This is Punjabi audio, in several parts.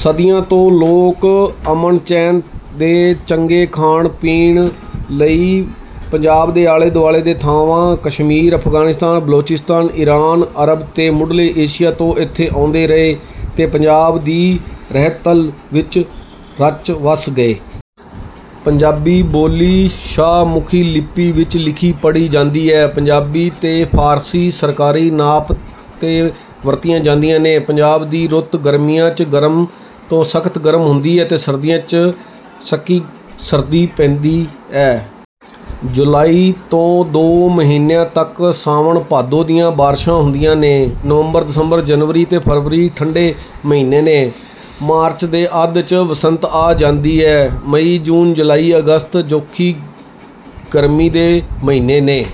ਸਦੀਆਂ ਤੋਂ ਲੋਕ ਅਮਨ ਚੈਨ ਤੇ ਚੰਗੇ ਖਾਣ ਪੀਣ ਲਈ ਪੰਜਾਬ ਦੇ ਆਲੇ ਦੁਆਲੇ ਦੇ ਥਾਂਵਾਂ ਕਸ਼ਮੀਰ, ਅਫ਼ਗ਼ਾਨਿਸਤਾਨ, ਬਲੋਚਿਸਤਾਨ, ਈਰਾਨ, ਅਰਬ ਤੇ ਮੁੱਢਲੇ ਏਸ਼ੀਆ ਤੋਂ ਇੱਥੇ ਆਉਂਦੇ ਰਹੇ ਤੇ ਪੰਜਾਬ ਦੀ ਰਹਿਤਲ ਵਿੱਚ ਰਚ ਵਸ ਗਏ। ਪੰਜਾਬੀ ਬੋਲੀ ਸ਼ਾਹਮੁਖੀ ਲਿਪੀ ਵਿੱਚ ਲਿਖੀ ਪੜ੍ਹੀ ਜਾਂਦੀ ਏ। ਪੰਜਾਬੀ ਤੇ ਫਾਰਸੀ ਸਰਕਾਰੀ ਨਾਪ ਤੇ ਵਰਤੀਆਂ ਜਾਂਦੀਆਂ ਨੇਂ। ਪੰਜਾਬ ਦੀ ਰੁੱਤ ਗਰਮੀਆਂ ਚ ਗਰਮ ਤੋਂ ਸਖ਼ਤ ਗਰਮ ਹੁੰਦੀ ਐ ਤੇ ਸਰਦੀਆਂ ਚ ਸਕੀ ਸਰਦੀ ਪੈਂਦੀ ਏ। ਜੁਲਾਈ ਤੋਂ ਦੋ ਮਹੀਨਿਆਂ ਤੱਕ ਸਾਵਣ ਭਾਦੋਂ ਦੀਆਂ ਬਾਰਿਸ਼ਾਂ ਹੁੰਦਿਆਂ ਨੇਂ। ਨਵੰਬਰ, ਦਸੰਬਰ, ਜਨਵਰੀ ਤੇ ਫ਼ਰਵਰੀ ਠੰਢੇ ਮਹੀਨੇ ਨੇਂ। ਮਾਰਚ ਦੇ ਅੱਧ 'ਚ ਬਸੰਤ ਆ ਜਾਂਦੀ ਏ। ਮਈ, ਜੂਨ ,ਜੁਲਾਈ ਅਗਸਤ ਜੋਖੀ ਗਰਮੀ ਦੇ ਮਹੀਨੇ ਨੇਂ।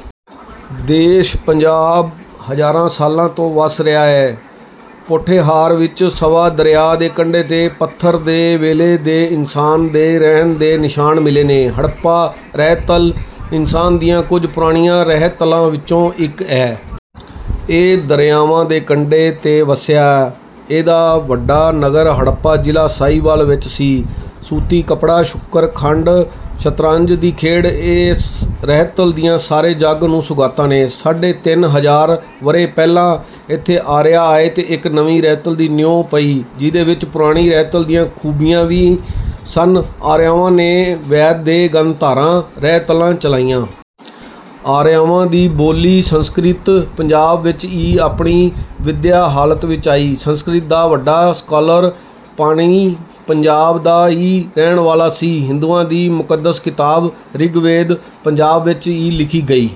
ਦੇਸ ਪੰਜਾਬ ਹਜ਼ਾਰਾਂ ਸਾਲਾਂ ਤੋਂ ਵਸ ਰਿਹਾ ਏ। ਪੋਠੋਹਾਰ ਵਿੱਚ ਸਵਾਂ ਦਰਿਆ ਦੇ ਕੰਡੇ ਤੇ ਪੱਥਰ ਦੇ ਵੇਲੇ ਦੇ ਇਨਸਾਨ ਦੇ ਰਹਿਣ ਦੇ ਨਿਸ਼ਾਨ ਮਿਲੇ ਨੇਂ। ਹੜੱਪਾ ਰਹਿਤਲ ਇਨਸਾਨ ਦੀਆਂ ਕੁਝ ਪੁਰਾਣੀਆਂ ਰਹਿਤਲਾਂ ਵਿਚੋਂ ਇੱਕ ਏ। ਇਹ ਦਰਿਆਵਾਂ ਦੇ ਕੰਡੇ ਤੇ ਵਸਿਆ ਹੈ। ਇਹਦਾ ਵੱਡਾ ਨਗਰ ਹੜੱਪਾ ਜ਼ਿਲ੍ਹਾ ਸਾਹੀਵਾਲ ਵਿੱਚ ਸੀ। ਸੁੱਤੀ ਕੱਪੜਾ, ਸ਼ੁਕਰ, ਖੰਡ ,ਸ਼ਤਰੰਜ ਦੀ ਖੇਡ ਇਸ ਰਹਿਤਲ ਦੀਆਂ ਸਾਰੇ ਜੱਗ ਨੂੰ ਸੁਗ਼ਾਤਾਂ ਨੇਂ। ਸਾੜ੍ਹੇ ਤਿਨ ਹਜ਼ਾਰ ਵਰ੍ਹੇ ਪਹਿਲਾਂ ਇੱਥੇ ਆਰੀਆ ਆਏ ਤੇ ਇੱਕ ਨਵੀਂ ਰਹਿਤਲ ਦੀ ਨਿਊ ਪਈ ਜਿਹਦੇ ਵਿੱਚ ਪੁਰਾਣੀ ਰਹਿਤਲ ਦੀਆਂ ਖ਼ੂਬੀਆਂ ਵੀ ਸਨ। ਆਰੀਆਵਾਂ ਨੇ ਵੈਦ ਤੇ ਗਨਧਾਰਾ ਰਹਿਤਲਾਂ ਚਲਾਈਆਂ। ਆਰੀਆਵਾਂ ਦੀ ਬੋਲੀ ਸੰਸਕ੍ਰਿਤ ਪੰਜਾਬ ਵਿੱਚ ਈ ਆਪਣੀ ਵਿਦਿਆ ਹਾਲਤ ਵਿੱਚ ਆਈ। ਸੰਸਕ੍ਰਿਤ ਦਾ ਵੱਡਾ ਸਕਾਲਰ ਪਾਣਿਨੀ ਪੰਜਾਬ ਦਾ ਈ ਰਹਿਣ ਵਾਲਾ ਸੀ। ਹਿੰਦੂਆਂ ਦੀ ਮੁਕੱਦਸ ਕਿਤਾਬ ਰਿਗ ਵੇਦ ਪੰਜਾਬ ਵਿੱਚ ਈ ਲਿਖੀ ਗਈ।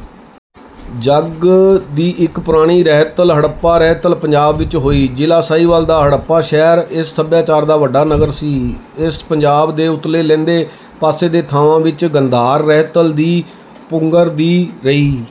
ਜੱਗ ਦੀ ਇੱਕ ਪੁਰਾਣੀ ਰਹਿਤਲ ਹੜੱਪਾ ਰਹਿਤਲ ਪੰਜਾਬ ਵਿੱਚ ਹੋਈ। ਜ਼ਿਲ੍ਹਾ ਸਾਹੀਵਾਲ ਦਾ ਹੜੱਪਾ ਸ਼ਹਿਰ ਇਸ ਸੱਭਿਆਚਾਰ ਦਾ ਵੱਡਾ ਨਗਰ ਸੀ। ਦਿਸ ਪੰਜਾਬ ਦੇ ਉਤਲੇ ਲੈਂਦੇ ਪਾਸੇ ਦੇ ਥਾਂਵਾਂ ਵਿੱਚ ਗਾੰਧਾਰ ਰਹਿਤਲ ਦੀ ਪੁੰਗਰ ਦੀ ਰਈ।